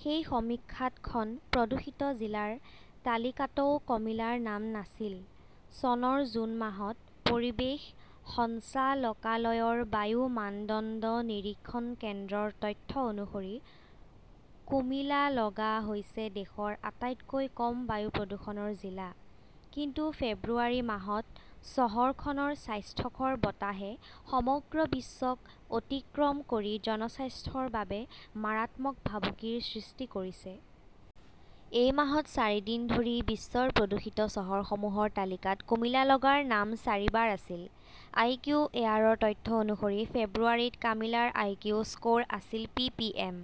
সেই সমীক্ষাত খন প্ৰদূষিত জিলাৰ তালিকাতও কমিলাৰ নাম নাছিল। চনৰ জুন মাহত পৰিৱেশ সঞ্চালকালয়ৰ বায়ু মানদণ্ড নিৰীক্ষণ কেন্দ্ৰৰ তথ্য অনুসৰি, কুমিলালগা হৈছে দেশৰ আটাইতকৈ কম বায়ু প্ৰদূষণৰ জিলা। কিন্তু ফেব্ৰুৱাৰী মাহত চহৰখনৰ স্বাস্থ্যকৰ বতাহে সমগ্ৰ বিশ্বক অতিক্ৰম কৰি জনস্বাস্থ্যৰ বাবে মাৰাত্মক ভাবুকিৰ সৃষ্টি কৰিছে। এই মাহত চাৰিদিন ধৰি বিশ্বৰ প্ৰদূষিত চহৰসমূহৰ তালিকাত কুমিলালগাৰ নাম চাৰিবাৰ আছিল। আইকিউ এয়াৰৰ তথ্য অনুসৰি ফেব্ৰুৱাৰীত কামিলাৰ আইকিউ স্ক "ৰ আছিল পিপিএম।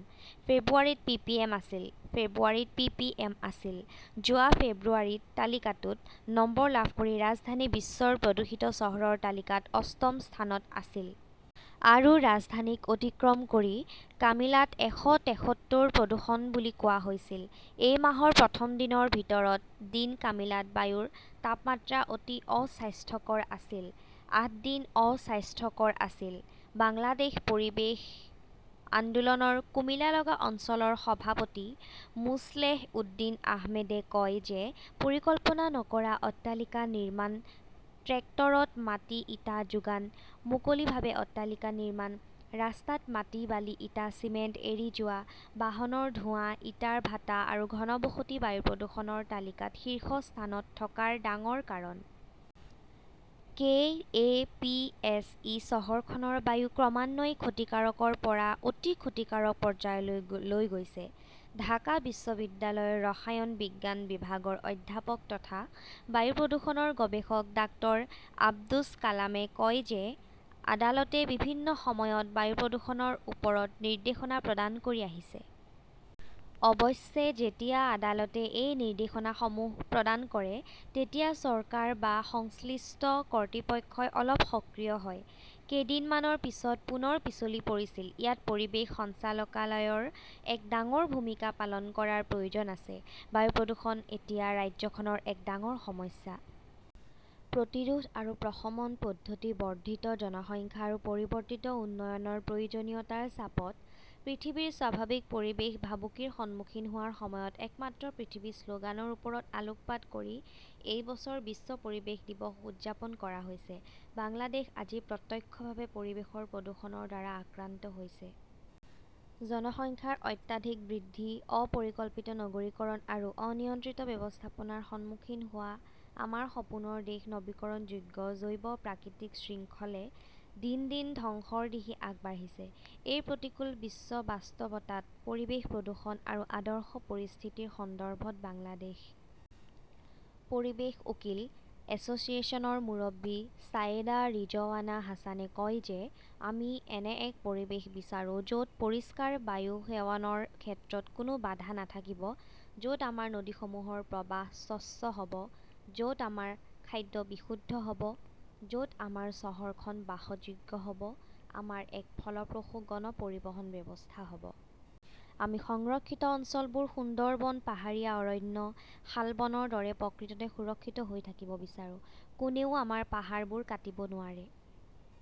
ফেব্ৰুৱাৰীত পিপিএম আছিল, ফেব্ৰুৱাৰীত পিপিএম আছিল। যোৱা ফেব্ৰুৱাৰীত তালিকাটোত নম্বৰ লাভ কৰি ৰাজধানী বিশ্বৰ প্ৰদূষিত চহৰৰ তালিকাত অষ্টম স্থানত আছিল। আৰু ৰাজধানীক অতিক্ৰম কৰি কামিলাত এশ তেসত্তৰ প্ৰদূষণ বুলি কোৱা হৈছিল। এই মাহৰ প্ৰথম দিনৰ ভিতৰত দিন কামিলাত বায়ুৰ তাপমাত্ৰা অতি অস্বাস্থ্যকৰ আছিল। আঠ দিন অস্বাস্থ্যকৰ আছিল। বাংলাদেশ পৰিৱেশ আন্দোলনৰ কুমিলালগা অঞ্চলৰ সভাপতি মোছলেহ উদ্দীন আহমেদে কয় যে পৰিকল্পনা নকৰা অট্টালিকা নিৰ্মাণ, ট্ৰেক্টৰত মাটি-ইটা যোগান, মুকলিভাৱে অট্টালিকা নিৰ্মাণ, ৰাস্তাত মাটি বালি ইটা চিমেণ্ট এৰি যোৱা, বাহনৰ ধোঁৱা, ইটাৰ ভাটা আৰু ঘনবসতি বায়ু প্ৰদূষণৰ তালিকাত শীৰ্ষস্থানত থকাৰ ডাঙৰ কাৰণ। K A P S E চহৰখনৰ বায়ু ক্ৰমান্বয়ে ক্ষতিকাৰকৰ পৰা অতি ক্ষতিকাৰক পৰ্যায়লৈ লৈ গৈছে। ঢাকা বিশ্ববিদ্যালয়ৰ ৰসায়ন বিজ্ঞান বিভাগৰ অধ্যাপক তথা বায়ু প্ৰদূষণৰ গৱেষক ডাক্তৰ আব্দুছ ছালামে কয় যে আদালতে বিভিন্ন সময়ত বায়ু প্ৰদূষণৰ ওপৰত নিৰ্দেশনা প্ৰদান কৰি আহিছে। অৱশ্যে, যেতিয়া আদালতে এই নিৰ্দেশনাসমূহ প্ৰদান কৰে, তেতিয়া চৰকাৰ বা সংশ্লিষ্ট কৰ্তৃপক্ষই অলপ সক্ৰিয় হয়। কেইদিনমানৰ পিছত পুনৰ পিছলি পৰিছিল। ইয়াত পৰিৱেশ সঞ্চালকালয়ৰ এক ডাঙৰ ভূমিকা পালন কৰাৰ প্ৰয়োজন আছে। বায়ু প্ৰদূষণ এতিয়া ৰাজ্যখনৰ এক ডাঙৰ সমস্যা। প্ৰতিৰোধ আৰু প্ৰশমন পদ্ধতি বৰ্ধিত জনসংখ্যা আৰু পৰিৱৰ্তিত উন্নয়নৰ প্ৰয়োজনীয়তাৰ চাপত পৃথিৱীৰ স্বাভাৱিক পৰিৱেশ ভাবুকিৰ সন্মুখীন হোৱাৰ সময়ত একমাত্ৰ পৃথিৱী শ্লোগানৰ ওপৰত আলোকপাত কৰি এই বছৰ বিশ্ব পৰিৱেশ দিৱস উদযাপন কৰা হৈছে। বাংলাদেশ আজি প্ৰত্যক্ষভাৱে পৰিৱেশৰ প্ৰদূষণৰ দ্বাৰা আক্ৰান্ত হৈছে। জনসংখ্যাৰ অত্যাধিক বৃদ্ধি, অপৰিকল্পিত নগৰীকৰণ আৰু অনিয়ন্ত্ৰিত ব্যৱস্থাপনাৰ সন্মুখীন হোৱা আমাৰ সপোনৰ দেশ নৱীকৰণযোগ্য জৈৱ প্ৰাকৃতিক শৃংখলে দিন দিন ধ্বংসৰ দিশে আগবাঢ়িছে। এই প্ৰতিকূল বিশ্ব বাস্তৱতাত পৰিৱেশ প্ৰদূষণ আৰু আদৰ্শ পৰিস্থিতিৰ সন্দৰ্ভত বাংলাদেশ পৰিৱেশ উকিল এছ চিয়েশ্যনৰ মুৰব্বী ছায়েদা ৰিজৱানা হাছানে কয় যে আমি এনে এক পৰিৱেশ বিচাৰো য’ত পৰিষ্কাৰ বায়ু সেৱনৰ ক্ষেত্ৰত কোনো বাধা নাথাকিব, য’ত আমাৰ নদীসমূহৰ প্ৰবাহ স্বচ্ছ হ’ব, য’ত আমাৰ খাদ্য বিশুদ্ধ হ’ব, য’ত আমাৰ চহৰখন বাসযোগ্য হ’ব, আমাৰ এক ফলপ্ৰসূ গণ পৰিবহণ ব্যৱস্থা হ’ব। আমি আমাৰ সংৰক্ষিত অঞ্চলবোৰ-সুন্দৰবন, পাহাৰীয়া অৰণ্য, শালবনৰ দৰে-প্ৰকৃততে সুৰক্ষিত হৈ থাকিব বিচাৰো, কোনেও আমাৰ পাহাৰবোৰ কাটিব নোৱাৰে।